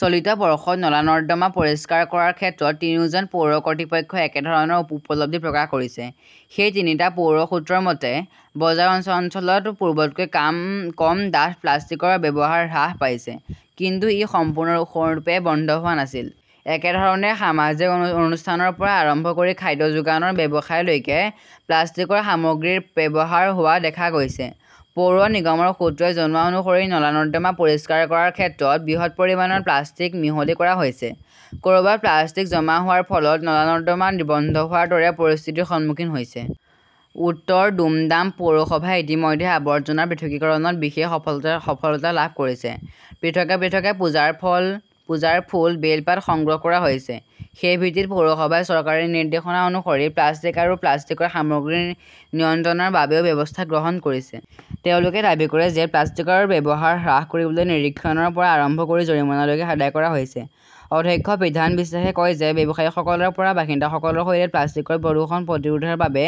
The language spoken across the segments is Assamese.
চলিত বৰ্ষত নলা-নৰ্দমা পৰিষ্কাৰ কৰাৰ ক্ষেত্ৰত তিনিওজন পৌৰ কৰ্তৃপক্ষই একেধৰণৰ উপলব্ধি প্ৰকাশ কৰিছে। সেই তিনিটা পৌৰ সূত্ৰৰ মতে, বজাৰ অঞ্চলত পূৰ্বতকৈ কম ডাঠ প্লাষ্টিকৰ ব্যৱহাৰ হ্ৰাস পাইছে। কিন্তু ই সম্পূৰ্ণৰূপে বন্ধ হোৱা নাছিল। একে ধৰণে সামাজিক অনুষ্ঠানৰ পৰা আৰম্ভ কৰি খাদ্য যোগানৰ ব্যৱসায়লৈকে প্লাষ্টিকৰ সামগ্ৰীৰ ব্যৱহাৰ হোৱা দেখা গৈছে। পৌৰ নিগমৰ সূত্ৰই জনোৱা অনুসৰি নলা-নৰ্দমা পৰিষ্কাৰ কৰাৰ সময়ত বৃহৎ পৰিমাণৰ প্লাষ্টিক মিহলি কৰা হৈছে। ক'ৰবাত প্লাষ্টিক জমা হোৱাৰ ফলত নলা-নৰ্দমা বন্ধ হোৱাৰ দৰে পৰিস্থিতিৰ সৃষ্টি হৈছে। উত্তৰ দুমডাম পৌৰসভাই ইতিমধ্যে আৱৰ্জনা পৃথকীকৰণত বিশেষ সফলতা লাভ কৰিছে। পৃথকে পৃথকে পূজাৰ ফুল, বেলপাত সংগ্ৰহ কৰা হৈছে। সেই ভিত্তিত পৌৰসভাই চৰকাৰী নিৰ্দেশনা অনুসৰি প্লাষ্টিক আৰু প্লাষ্টিকৰ সামগ্ৰী নিয়ন্ত্ৰণৰ বাবেও ব্যৱস্থা গ্ৰহণ কৰিছে। তেওঁলোকে দাবী কৰে যে প্লাষ্টিকৰ ব্যৱহাৰ হ্ৰাস কৰিবলৈ নিৰীক্ষণৰ পৰা আৰম্ভ কৰি জৰিমনালৈকে আদায় কৰা হৈছে। অধ্যক্ষ বিধান বিশ্বাসে কয় যে ব্যৱসায়ীসকলৰ পৰা বাসিন্দাসকলৰ সৈতে প্লাষ্টিকৰ প্ৰদূষণ প্ৰতিৰোধৰ বাবে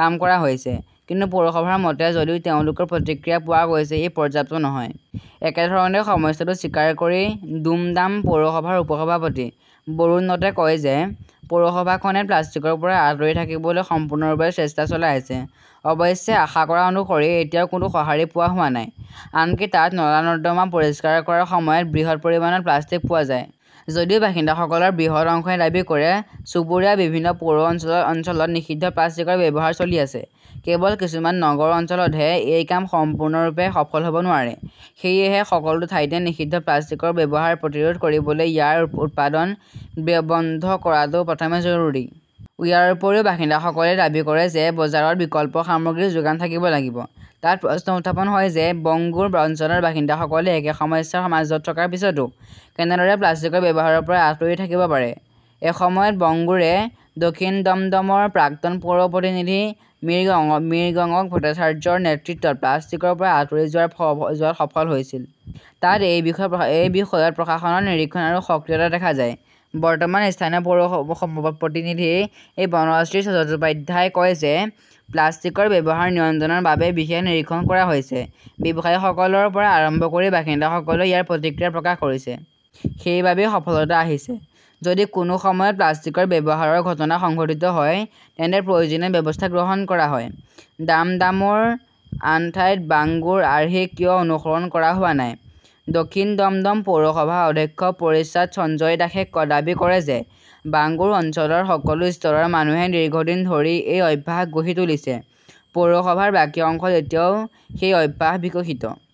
কাম কৰা হৈছে। কিন্তু পৌৰসভাৰ মতে, যদিও তেওঁলোকৰ প্ৰতিক্ৰিয়া পোৱা গৈছে, ই পৰ্যাপ্ত নহয়। একেধৰণে সমস্যাটো স্বীকাৰ কৰি দুমডাম পৌৰসভাৰ উপ-সভাপতি বৰুণ নটে কয় যে পৌৰসভাখনে প্লাষ্টিকৰ পৰা আঁতৰি থাকিবলৈ সম্পূৰ্ণৰূপে চেষ্টা চলাই আছে। অৱশ্যে, আশা কৰা অনুসৰি এতিয়াও কোনো সঁহাৰি পোৱা হোৱা নাই। আনকি তাত নলা-নৰ্দমা পৰিষ্কাৰ কৰাৰ সময়ত বৃহৎ পৰিমাণৰ প্লাষ্টিক পোৱা যায়। যদিও বাসিন্দাসকলৰ বৃহৎ অংশই দাবী কৰে, চুবুৰীয়া বিভিন্ন পৌৰ অঞ্চলত নিষিদ্ধ প্লাষ্টিকৰ ব্যৱহাৰ চলি আছে। কেৱল কিছুমান নগৰ অঞ্চলতহে এই কাম সম্পূৰ্ণৰূপে সফল হ'ব নোৱাৰে। সেয়েহে সকলো ঠাইতে নিষিদ্ধ প্লাষ্টিকৰ ব্যৱহাৰ প্ৰতিৰোধ কৰিবলৈ ইয়াৰ উৎপাদন বন্ধ কৰাটো প্ৰথমে জৰুৰী। ইয়াৰ উপৰিও, বাসিন্দাসকলে দাবী কৰে যে বজাৰত বিকল্প সামগ্ৰীৰ যোগান থাকিব লাগিব। তাত প্ৰশ্ন উত্থাপন হয় যে বংগুৰ অঞ্চলৰ বাসিন্দাসকলে একে সমস্যাৰ মাজত থকাৰ পিছতো কেনেদৰে প্লাষ্টিকৰ ব্যৱহাৰৰ পৰা আঁতৰি থাকিব পাৰে? এসময়ত, বংগুৰে দক্ষিণ দমদমৰ প্ৰাক্তন পৌৰ প্ৰতিনিধি মিৰগংক ভট্টাচাৰ্যৰ নেতৃত্বত প্লাষ্টিকৰ পৰা আঁতৰি যোৱাত সফল হৈছিল। তাত এই বিষয়ত প্ৰশাসনৰ নিৰীক্ষণ আৰু সক্ৰিয়তা দেখা যায়। বৰ্তমান স্থানীয় পৌৰ প্ৰতিনিধি বনশ্ৰী চট্টোপাধ্যায়ই কয় যে প্লাষ্টিকৰ ব্যৱহাৰ নিয়ন্ত্ৰণৰ বাবে বিশেষ নিৰীক্ষণ কৰা হৈছে। ব্যৱসায়ীসকলৰ পৰা আৰম্ভ কৰি বাসিন্দাসকলেও ইয়াৰ প্ৰতিক্ৰিয়া প্ৰকাশ কৰিছে। সেইবাবেই সফলতা আহিছে। যদি কোনো সময়ত প্লাষ্টিকৰ ব্যৱহাৰৰ ঘটনা সংঘটিত হয় তেন্তে প্ৰয়োজনীয় ব্যৱস্থা গ্ৰহণ কৰা হয়। ডামডামৰ আন ঠাইত বাংগুৰ আৰ্হি কিয় অনুসৰণ কৰা হোৱা নাই? দক্ষিণ দমদম পৌৰসভাৰ অধ্যক্ষ পৰিশ্বাদ সঞ্জয় দাসে দাবী কৰে যে বাংগুৰ অঞ্চলৰ সকলো স্তৰৰ মানুহে দীৰ্ঘদিন ধৰি এই অভ্যাস গঢ়ি তুলিছে। পৌৰসভাৰ বাকী অংশত এতিয়াও সেই অভ্যাস বিকশিত।